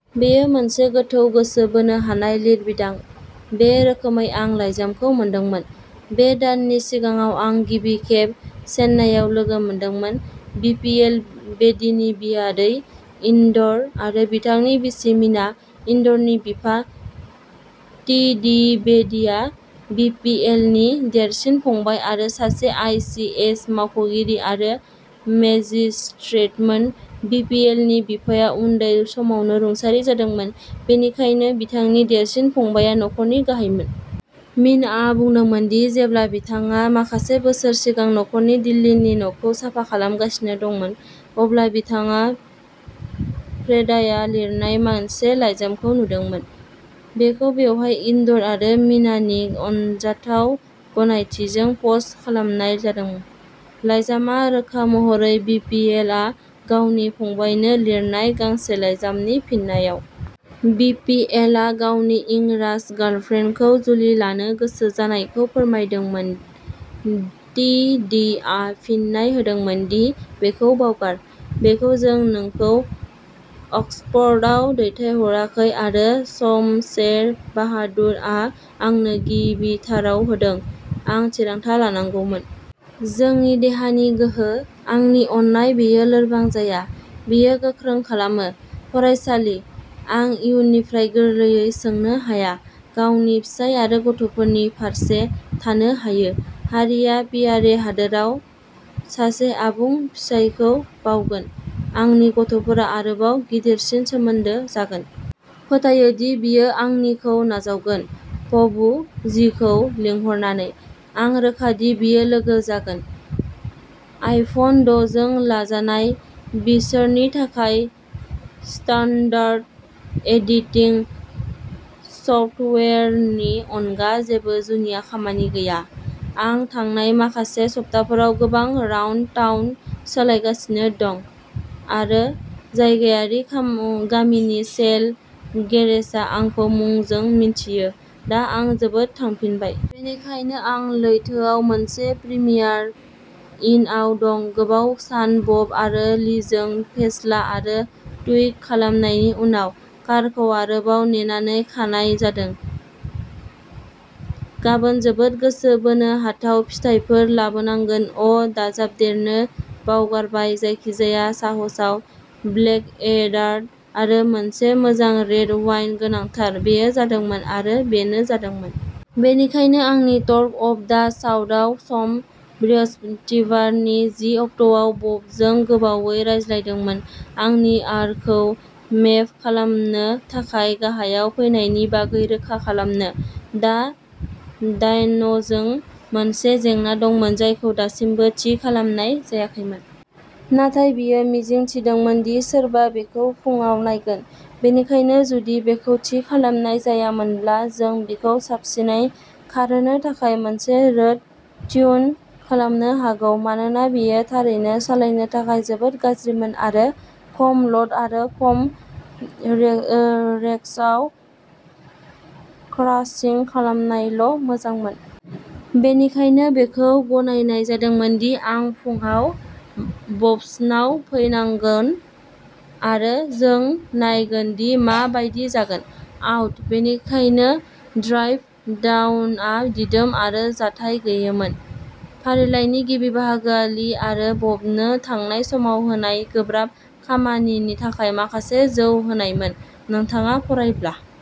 बेयो मोनसे गोथौ गोसो बोनो हानाय लिरबिदां बे रोखोमै आं लाइजामखौ मोनदोंमोन। बे दाननि सिगाङाव आं गिबि खेब चेन्नाईआव लोगो मोनदोंमोन। बि पि एल बेदीनि बियादै, इन्दर आरो बिथांनि बिसि मिना। इन्दरनि बिफा, टि डि बेदीआ बि पि एल नि देरसिन फंबाय आरो सासे आइ सि एस मावख'गिरि आरो मेजिस्ट्रेटमोन बि पि एल नि बिफाया उन्दै समावनो रुंसारि जादोंमोन, बेनिखायनो बिथांनि देरसिन फंबायआ नखरनि गाहायमोन। मिनाआ बुंदोंमोन दि जेब्ला बिथाङा माखासे बोसोर सिगां नखरनि दिल्लीनि न'खौ साफा खालामगासिनो दंमोन, अब्ला बिथाङा फ्रेदाया लिरनाय मोनसे लाइजामखौ नुदोंमोन। बेखौ बेवहाय इन्दर आरो मीनानि अनजाथाव गनायथिजों पस्ट खालामनाय जादों। लाइजामआ रोखा महरै बि पि एल आ गावनि फंबायनो लिरनाय गांसे लाइजामनि फिननायाव। बि पि एल आ गावनि इंराज गार्लफ्रेन्डखौ जुलि लानो गोसो जानायखौ फोरमायदोंमोन टि डि आ फिननाय होदोंमोन दि बेखौ बावगार, बेखौ जों नोंखौ अक्सफर्डआव दैथायहराखै आरो शमशेर बाहादुर आ आंनो गिबिथाराव होदों। आं थिरांथा लानांगौमोन। जोंनि देहानि गोहो। आंनि अननाय बेयो लोरबां जाया, बेयो गोख्रों खालामो। फरायसालि। आं इयुननिफ्राय गोरलैयै सोंनो हाया। गावनि फिसाय आरो गथ'फोरनि फारसे थानो हायो। हारिआ पियारे हादोराव सासे आबुं फिसायखौ बावगोन। आंनि गथ'फोरा आरोबाव गिदिरसिन सोमोन्दो जागोन। फोथायो दि बियो आंनिखौ नाजावगोन। भबु जीखौ लिंहरनानै। आं रोखा दि बियो लोगो जागोन। आइफन द' जों लाजानाय, बिसोरनि थाखाय स्टान्डार्ड एडिटिं सफ्टवेयारनि अनगा जेबो जुनिया खामानि गैया। आं थांनाय माखासे सप्ताफोराव गोबां राउन्ड टाउन सालायगासिनो दं आरो जायगायारि गामिनि सेल गेरेजआ आंखौ मुंजों मिन्थियो, दा आं जोबोद थांफिनबाय। बेनिखायनो आं लैथोआव मोनसे प्रिमियार इनआव दं, गोबाव सान बब आरो लीजों फेस्ला आरो टुइक खालामनायनि उनाव, कारखौ आरोबाव नेनानै खानाय जादों। गाबोन जोबोद गोसो बोनो हाथाव फिथायफोर लाबोनांगोन अ' दाजाबदेरनो बावगारबाय जायखिजाया साहसआव ब्लेकएडार आरो मोनसे मोजां रेड वाइन गोनांथार बेयो जादोंमोन आरो बेनो जादोंमोन। बेनिखायनो आंनि टर्क अफ दा साउथआव सम। बृहस्पतिबारनि जि अक्ट'आव बबजों गोबावै रायज्लायदोंमोन आंनि आरखौ मेप खालामनो थाखाय गाहायाव फैनायनि बागै रोखा खालामनो। दा डायन'जों मोनसे जेंना दंमोन जायखौ दासिमबो थि खालामनाय जायाखैमोन नाथाय बियो मिजिं थिदोंमोन दि सोरबा बेखौ फुंआव नायगोन, बेनिखायनो जुदि बेखौ थि खालामनाय जायामोनब्ला जों बिखौ साबसिनै खारहोनो थाखाय मोनसे रोड ट्यून खालामनो हागौ मानोना बेयो थारैनो सालायनो थाखाय जोबोद गाज्रिमोन आरो खम ल'ड आरो खम रेव्सआव क्रासिं खालामनायावल' मोजांमोन। बेनिखायनो बेखौ गनायनाय जादोंमोन दि आं फुंआव बब्सनाव फैनांगोन आरो जों नायगोन दि मा बायदि जागोन। आउट। बेनिखायनो ड्राइभ डाउनआ दिदोम आरो जाथाय गैयैमोन। फारिलाइनि गिबि बाहागोआ लि आरो बबनो थांनाय समाव होनाय गोब्राब खामानिनि थाखाय माखासे जौ होनायमोन। नोंथाङा फरायब्ला